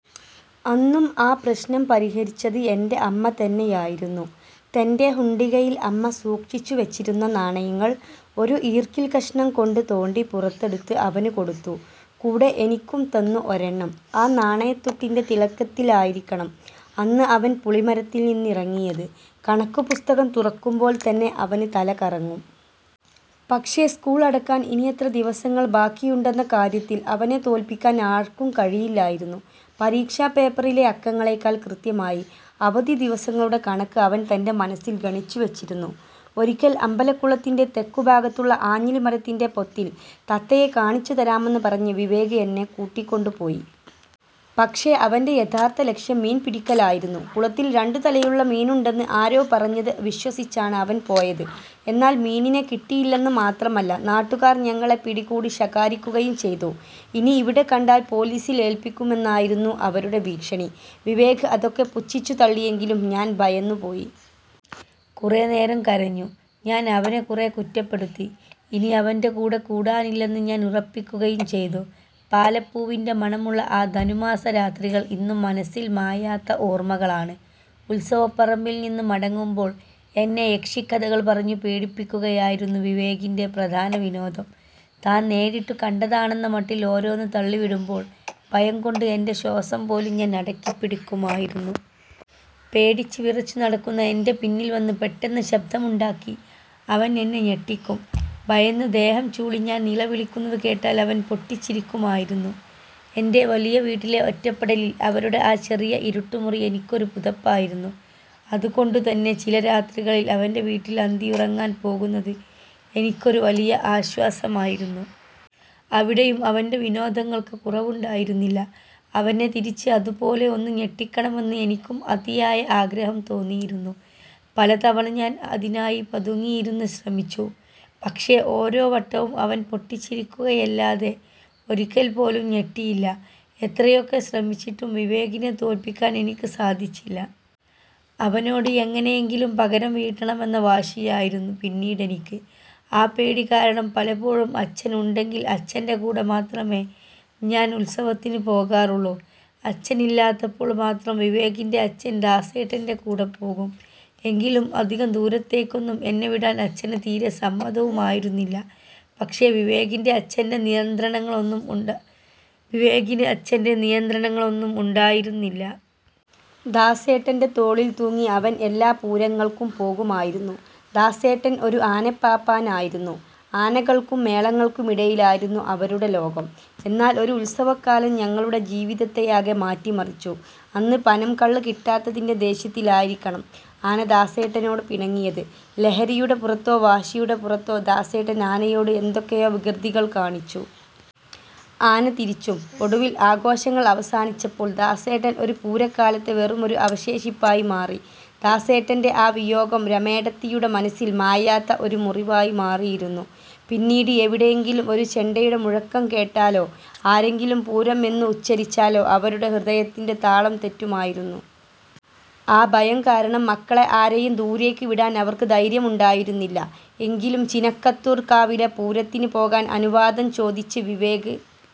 അന്നും ആ പ്രശ്നം പരിഹരിച്ചത് എന്റെ അമ്മ തന്നെയായിരുന്നു. തന്റെ ഹുണ്ടികയിൽ അമ്മ സൂക്ഷിച്ചുവെച്ചിരുന്ന നാണയങ്ങൾ ഒരു ഈർക്കിൽ കഷ്ണം കൊണ്ട് തോണ്ടി പുറത്തെടുത്ത് അവന് കൊടുത്തു. കൂടെ എനിക്കും തന്നു ഒരെണ്ണം. ആ നാണയത്തുട്ടിന്റെ തിളക്കത്തിലായിരിക്കണം അന്ന് അവൻ പുളിമരത്തിൽ നിന്നിറങ്ങിയത്. കണക്കുപുസ്തകം തുറക്കുമ്പോൾ തന്നെ അവന് തല കറങ്ങും. പക്ഷേ, സ്കൂൾ അടയ്ക്കാൻ ഇനിയെത്ര ദിവസങ്ങൾ ബാക്കിയുണ്ടെന്ന കാര്യത്തിൽ അവനെ തോൽപ്പിക്കാൻ ആർക്കും കഴിയില്ലായിരുന്നു. പരീക്ഷാ പേപ്പറിലെ അക്കങ്ങളേക്കാൾ കൃത്യമായി അവധി ദിവസങ്ങളുടെ കണക്ക് അവൻ തന്റെ മനസ്സിൽ ഗണിച്ചു വെച്ചിരുന്നു. ഒരിക്കൽ, അമ്പലക്കുളത്തിന്റെ തെക്കുഭാഗത്തുള്ള ആഞ്ഞിലിമരത്തിന്റെ പൊത്തിൽ തത്തയെ കാണിച്ചുതരാമെന്ന് പറഞ്ഞ് വിവേക് എന്നെ കൂട്ടിക്കൊണ്ടുപോയി. പക്ഷേ അവന്റെ യഥാർത്ഥ ലക്ഷ്യം മീൻ പിടിക്കലായിരുന്നു. കുളത്തിൽ രണ്ടു തലയുള്ള മീനുണ്ടെന്ന് ആരോ പറഞ്ഞത് വിശ്വസിച്ചാണ് അവൻ പോയത്. എന്നാൽ മീനിനെ കിട്ടിയില്ലെന്ന് മാത്രമല്ല, നാട്ടുകാർ ഞങ്ങളെ പിടികൂടി ശകാരിക്കുകയും ചെയ്തു. ഇനി ഇവിടെ കണ്ടാൽ പോലീസിൽ ഏൽപ്പിക്കുമെന്നായിരുന്നു അവരുടെ ഭീഷണി. വിവേക് അതൊക്കെ പുച്ഛിച്ചു തള്ളിയെങ്കിലും ഞാൻ ഭയന്നുപോയി. കുറേനേരം കരഞ്ഞു. ഞാൻ അവനെ കുറെ കുറ്റപ്പെടുത്തി. ഇനി അവന്റെ കൂടെ കൂടാനില്ലെന്ന് ഞാൻ ഉറപ്പിക്കുകയും ചെയ്തു. പാലപ്പൂവിന്റെ മണമുള്ള ആ ധനുമാസ രാത്രികൾ ഇന്നും മനസ്സിൽ മായാത്ത ഓർമ്മകളാണ്. ഉത്സവപ്പറമ്പിൽ നിന്ന് മടങ്ങുമ്പോൾ എന്നെ യക്ഷിക്കഥകൾ പറഞ്ഞു പേടിപ്പിക്കുകയായിരുന്നു വിവേകിന്റെ പ്രധാന വിനോദം. താൻ നേരിട്ടു കണ്ടതാണെന്ന മട്ടിൽ ഓരോന്ന് തള്ളിവിടുമ്പോൾ, ഭയം കൊണ്ട് എന്റെ ശ്വാസം പോലും ഞാൻ അടക്കിപ്പിടിക്കുമായിരുന്നു. പേടിച്ച് വിറച്ചു നടക്കുന്ന എന്റെ പിന്നിൽ വന്ന് പെട്ടെന്ന് ശബ്ദമുണ്ടാക്കി അവൻ എന്നെ ഞെട്ടിക്കും. ഭയന്ന് ദേഹം ചൂളി ഞാൻ നിലവിളിക്കുന്നത് കേട്ടാൽ അവൻ പൊട്ടിച്ചിരിക്കുമായിരുന്നു. എന്റെ വലിയ വീട്ടിലെ ഒറ്റപ്പെടലിൽ, അവരുടെ ആ ചെറിയ ഇരുട്ടുമുറി എനിക്കൊരു പുതപ്പായിരുന്നു. അതുകൊണ്ടുതന്നെ ചില രാത്രികളിൽ അവന്റെ വീട്ടിൽ അന്തിയുറങ്ങാൻ പോകുന്നത് എനിക്കൊരു വലിയ ആശ്വാസമായിരുന്നു. അവിടെയും അവന്റെ വിനോദങ്ങൾക്ക് കുറവുണ്ടായിരുന്നില്ല. അവനെ തിരിച്ച് അതുപോലെ ഒന്ന് ഞെട്ടിക്കണമെന്ന് എനിക്കും അതിയായ ആഗ്രഹം തോന്നിയിരുന്നു. പല തവണ ഞാൻ അതിനായി പതുങ്ങിയിരുന്ന് ശ്രമിച്ചു. പക്ഷേ, ഓരോ വട്ടവും അവൻ പൊട്ടിച്ചിരിക്കുകയല്ലാതെ ഒരിക്കൽ പോലും ഞെട്ടിയില്ല. എത്രയൊക്കെ ശ്രമിച്ചിട്ടും വിവേകിനെ തോൽപ്പിക്കാൻ എനിക്ക് സാധിച്ചില്ല. അവനോട് എങ്ങനെയെങ്കിലും പകരം വീട്ടണമെന്ന വാശിയായിരുന്നു പിന്നീടെനിക്ക്. ആ പേടി കാരണം പലപ്പോഴും അച്ഛൻ ഉണ്ടെങ്കിൽ അച്ഛന്റെ കൂടെ മാത്രമേ ഞാൻ ഉത്സവത്തിന് പോകാറുള്ളൂ. അച്ഛനില്ലാത്തപ്പോൾ മാത്രം വിവേകിന്റെ അച്ഛൻ ദാസേട്ടന്റെ കൂടെപ്പോകും. എങ്കിലും അധികം ദൂരത്തേക്കൊന്നും എന്നെ വിടാൻ അച്ഛന് തീരെ സമ്മതവുമായിരുന്നില്ല. പക്ഷേ വിവേകിന് അച്ഛന്റെ നിയന്ത്രണങ്ങളൊന്നും ഉണ്ടായിരുന്നില്ല. ദാസേട്ടന്റെ തോളിൽ തൂങ്ങി അവൻ എല്ലാ പൂരങ്ങൾക്കും പോകുമായിരുന്നു. ദാസേട്ടൻ ഒരു ആനപ്പാപ്പാനായിരുന്നു. ആനകൾക്കും മേളങ്ങൾക്കുമിടയിലായിരുന്നു അവരുടെ ലോകം. എന്നാൽ ഒരു ഉത്സവക്കാലം ഞങ്ങളുടെ ജീവിതത്തെയാകെ മാറ്റിമറിച്ചു. അന്ന് പനം കള്ള് കിട്ടാത്തതിന്റെ ദേഷ്യത്തിലായിരിക്കണം ആന ദാസേട്ടനോട് പിണങ്ങിയത്. ലഹരിയുടെ പുറത്തോ വാശിയുടെ പുറത്തോ ദാസേട്ടൻ ആനയോട് എന്തൊക്കെയോ വികൃതികൾ കാണിച്ചു. ആന തിരിച്ചും. ഒടുവിൽ, ആഘോഷങ്ങൾ അവസാനിച്ചപ്പോൾ ദാസേട്ടൻ ഒരു പൂരക്കാലത്തെ വെറുമൊരു അവശേഷിപ്പായി മാറി. ദാസേട്ടന്റെ ആ വിയോഗം രമേടത്തിയുടെ മനസ്സിൽ മായാത്ത ഒരു മുറിവായി മാറിയിരുന്നു. പിന്നീട് എവിടെയെങ്കിലും ഒരു ചെണ്ടയുടെ മുഴക്കം കേട്ടാലോ, ആരെങ്കിലും 'പൂരം' എന്ന് ഉച്ചരിച്ചാലോ അവരുടെ ഹൃദയത്തിന്റെ താളം തെറ്റുമായിരുന്നു. ആ ഭയം കാരണം മക്കളെ ആരെയും ദൂരേക്ക് വിടാൻ അവർക്ക് ധൈര്യമുണ്ടായിരുന്നില്ല. എങ്കിലും ചിനക്കത്തൂർ കാവിലെ പൂരത്തിന് പോകാൻ അനുവാദം ചോദിച്ച് വിവേക്